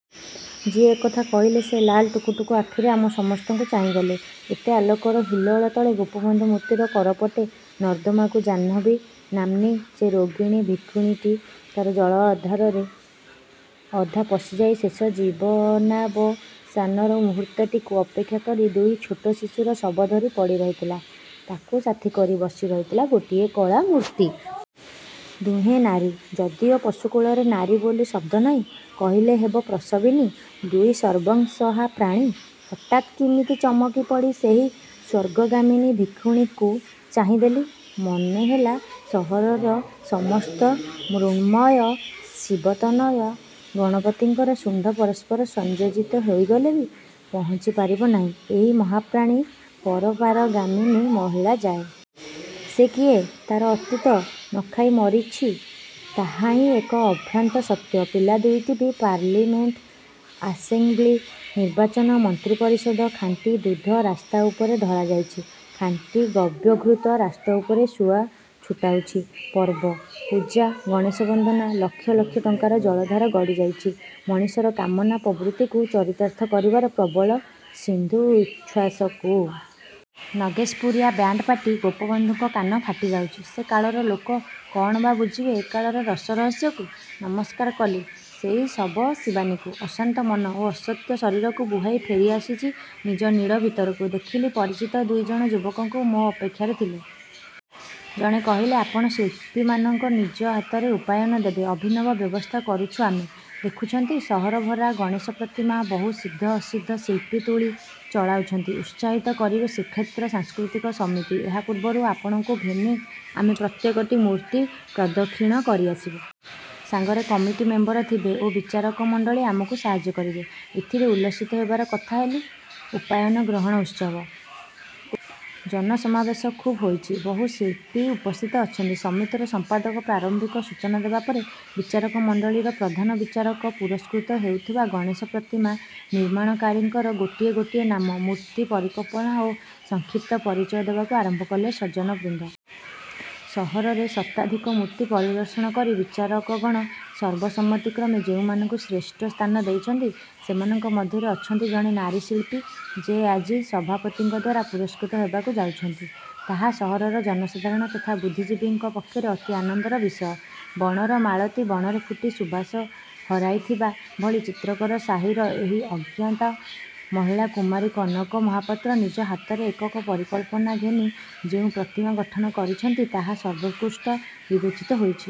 ' ଯିଏ ଏକଥା କହିଲେ ସେ ଲାଲ ଟୁକୁଟୁକୁ ଆଖିରେ ଆମ ସମସ୍ତଙ୍କୁ ଚାହିଁଗଲେ। ଏତେ ଆଲୋକର ହିଲ୍ଲୋଳ ତଳେ ଗୋପବନ୍ଧୁ ମୂର୍ତ୍ତିର କରପଟେ ନର୍ଦ୍ଦମାକୁ ଜାହ୍ନବୀ ନାମ୍ନୀ ଯେ ରୋଗିଣୀ ଭିକ୍ଷୁଣୀଟି ତାର ଜଳାଧାରରେ ଅଧା ପଶିଯାଇ ଶେଷ ଜୀବନାବସାନର ମୁହୂର୍ତ୍ତଟିକୁ ଅପେକ୍ଷାକରି ଦୁଇ ଛୋଟ ଶିଶୁର ଶବଧରି ପଡ଼ିରହିଥିଲା, ତାକୁ ସାଥୀ କରି ବସି ରହିଥିଲା ଗୋଟିଏ କଳା କୁତ୍ତୀ। ଦୁହେଁ ନାରୀ–ଯଦିଓ ପଶୁକୁଳରେ 'ନାରୀ' ବୋଲି ଶବ୍ଦ ନାହିଁ–କହିଲେ ହେବ ପ୍ରସବିନୀ... ଦୁଇ ସର୍ବଂସହା ପ୍ରାଣୀ। ହଠାତ୍ କିମିତି ଚମକିପଡ଼ି ସେହି ସ୍ଵର୍ଗଗାମିନୀ ଭିକ୍ଷୁଣୀକୁ ଚାହିଁଦେଲି। ମନେହେଲା ସହରର ସମସ୍ତ ମୃଣ୍ମୟ ଶିବତନୟ ଗଣପତିଙ୍କର ଶୁଣ୍ଢ ପରସ୍ପର ସଂଯୋଜିତ ହୋଇଗଲେ ବି ପହଞ୍ଚି ପାରିବନାହିଁ ଏଇ ମହାପ୍ରାଣୀ ପରପାରଗାମିନୀ ମହିଳା ଯାଏ-। ସେ କିଏ? ତାର ଅତୀତ? ନଖାଇ ମରିଛି, ତାହାହିଁ ଏକ ଅଭ୍ରାନ୍ତ ସତ୍ୟ। ପିଲାଦୁଇଟି ବି। ପାର୍ଲିମେଣ୍ଟ... ଆସେଂବ୍ଲି, ନିର୍ବାଚନ, ମନ୍ତ୍ରି ପରିଷଦ... ଖାଣ୍ଟି ଦୁଧ ରାସ୍ତା ଉପରେ ଢଳାଯାଇଛି, ଖାଣ୍ଟି ଗବ୍ୟଘୃତ ରାସ୍ତା ଉପରେ ସୁଅ ଛୁଟାଉଛି... ପର୍ବ, ପୂଜା... ଗଣେଶବନ୍ଦନା... ଲକ୍ଷ ଲକ୍ଷ ଟଙ୍କାର ଜଳଧାର ଗଡ଼ିଯାଇଛି ମଣିଷର କାମନା ପ୍ରବୃତ୍ତିକୁ ଚରିତାର୍ଥ କରିବାର ପ୍ରବଳ ସିନ୍ଧୁ-ଉଚ୍ଛ୍ଵାସକୁ। ନଗେଶପୁରିଆ ବ୍ୟାଣ୍ଡପାର୍ଟି। ଗୋପବନ୍ଧୁଙ୍କ କାନ ଫାଟିଯାଉଛି... ସେ କାଳର ଲୋକ... କଅଣ ବା ବୁଝିବେ ଏ କାଳର ରସ-ରହସ୍ୟକୁ? ନମସ୍କାର କଲି ସେଇ ଶବଶିବାନୀକୁ। ଅଶାନ୍ତ ମନ ଓ ଅସତ୍ୟ ଶରୀରକୁ ବୁହାଇ ଫେରିଆସିଛି ନିଜ ନୀଡ଼ ଭିତରକୁ… ଦେଖିଲି ପରିଚିତ ଦୁଇଜଣ ଯୁବକଙ୍କୁ–ମୋ ଅପେକ୍ଷାରେ ଥିଲେ। ଜଣେ କହିଲେ–'ଆପଣ ଶିଳ୍ପୀମାନଙ୍କୁ ନିଜ ହାତରେ ଉପାୟନ ଦେବେ। ଅଭିନବ ବ୍ୟବସ୍ଥା କରିଛୁ ଆମେ। ଦେଖୁଛନ୍ତି ସହରଭରା ଗଣେଶପ୍ରତିମା। ବହୁ ସିଦ୍ଧ ଅସିଦ୍ଧ ଶିଳ୍ପୀ ତୂଳୀ ଚଳାଇଛନ୍ତି। ଉତ୍ସାହିତ କରିବେ ଶ୍ରୀକ୍ଷେତ୍ର ସାଂସ୍କୃତିକ ସମିତି। ଏହା ପୂର୍ବରୁ ଆପଣଙ୍କୁ ଘେନି ଆମେ ପ୍ରତ୍ୟେକଟି ମୂର୍ତ୍ତି ପ୍ରଦକ୍ଷିଣ କରିଆସିବୁ। ସାଙ୍ଗରେ କମିଟି ମେମ୍ବର ଥିବେ ଓ ବିଚାରକମଣ୍ଡଳୀ ଆମକୁ ସାହାଯ୍ୟ କରିବେ। ' ଏଥିରେ ଉଲ୍ଲସିତ ହେବାର କଥା, ହେଲି। ଉପାୟନ ଗ୍ରହଣ ଉତ୍ସବ। ଜନସମାବେଶ ଖୁବ୍ ହୋଇଛି। ବହୁ ଶିଳ୍ପୀ ଉପସ୍ଥିତ ଅଛନ୍ତି। ସମିତିର ସମ୍ପାଦକ ପ୍ରାରମ୍ଭିକ ସୂଚନା ଦେବା ପରେ ବିଚାରକ ମଣ୍ଡଳୀର ପ୍ରଧାନ ବିଚାରକ ପୁରସ୍କୃତ ହେଉଥିବା ଗଣେଶ ପ୍ରତିମା ନିର୍ମାଣକାରୀଙ୍କର ଗୋଟିଏ ଗୋଟିଏ ନାମ, ମୂର୍ତ୍ତି, ପରିକଳ୍ପନା ଓ ସକ୍ଷିପ୍ତ ପରିଚୟ ଦେବାକୁ ଆରମ୍ଭ କଲେ– "ସଜ୍ଜନବୃନ୍ଦ! ସହରରେ ଶତାଧିକ ମୂର୍ତ୍ତି ପରିଦର୍ଶନ କରି ବିଚାରକଗଣ ସର୍ବସମ୍ମତିକ୍ରମେ ଯେଉଁମାନଙ୍କୁ ଶ୍ରେଷ୍ଠ ସ୍ଥାନ ଦେଇଛନ୍ତି, ସେମାନଙ୍କ ମଧ୍ୟରେ ଅଛନ୍ତି ଜଣେ ନାରୀଶିଳ୍ପୀ, ଯେ ଆଜି ସଭାପତିଙ୍କଦ୍ୱାରା ପୁରସ୍କୃତ ହେବାକୁ ଯାଉଛନ୍ତି। ତାହା ସହରର ଜନସାଧାରଣ ତଥା ବୁଦ୍ଧିଜୀବୀଙ୍କ ପକ୍ଷରେ ଅତି ଆନନ୍ଦର ବିଷୟ। "ବଣର ମାଳତୀ ବଣରେ ଫୁଟି ସୁବାସ ହରାଇଥିବା ଭଳି ଚିତ୍ରକର ସାହିର ଏହି ଅଜ୍ଞାତା ମହିଳା କୁମାରୀ କନକ ମହାପାତ୍ର ନିଜ ହାତରେ ଏକକ ପରିକଳ୍ପନା ଘେନି ଯେଉଁ ପ୍ରତିମା ଗଠନ କରିଛନ୍ତି, ତାହା ସର୍ବୋତ୍କୃଷ୍ଟ ବିବେଚିତ ହୋଇଛି।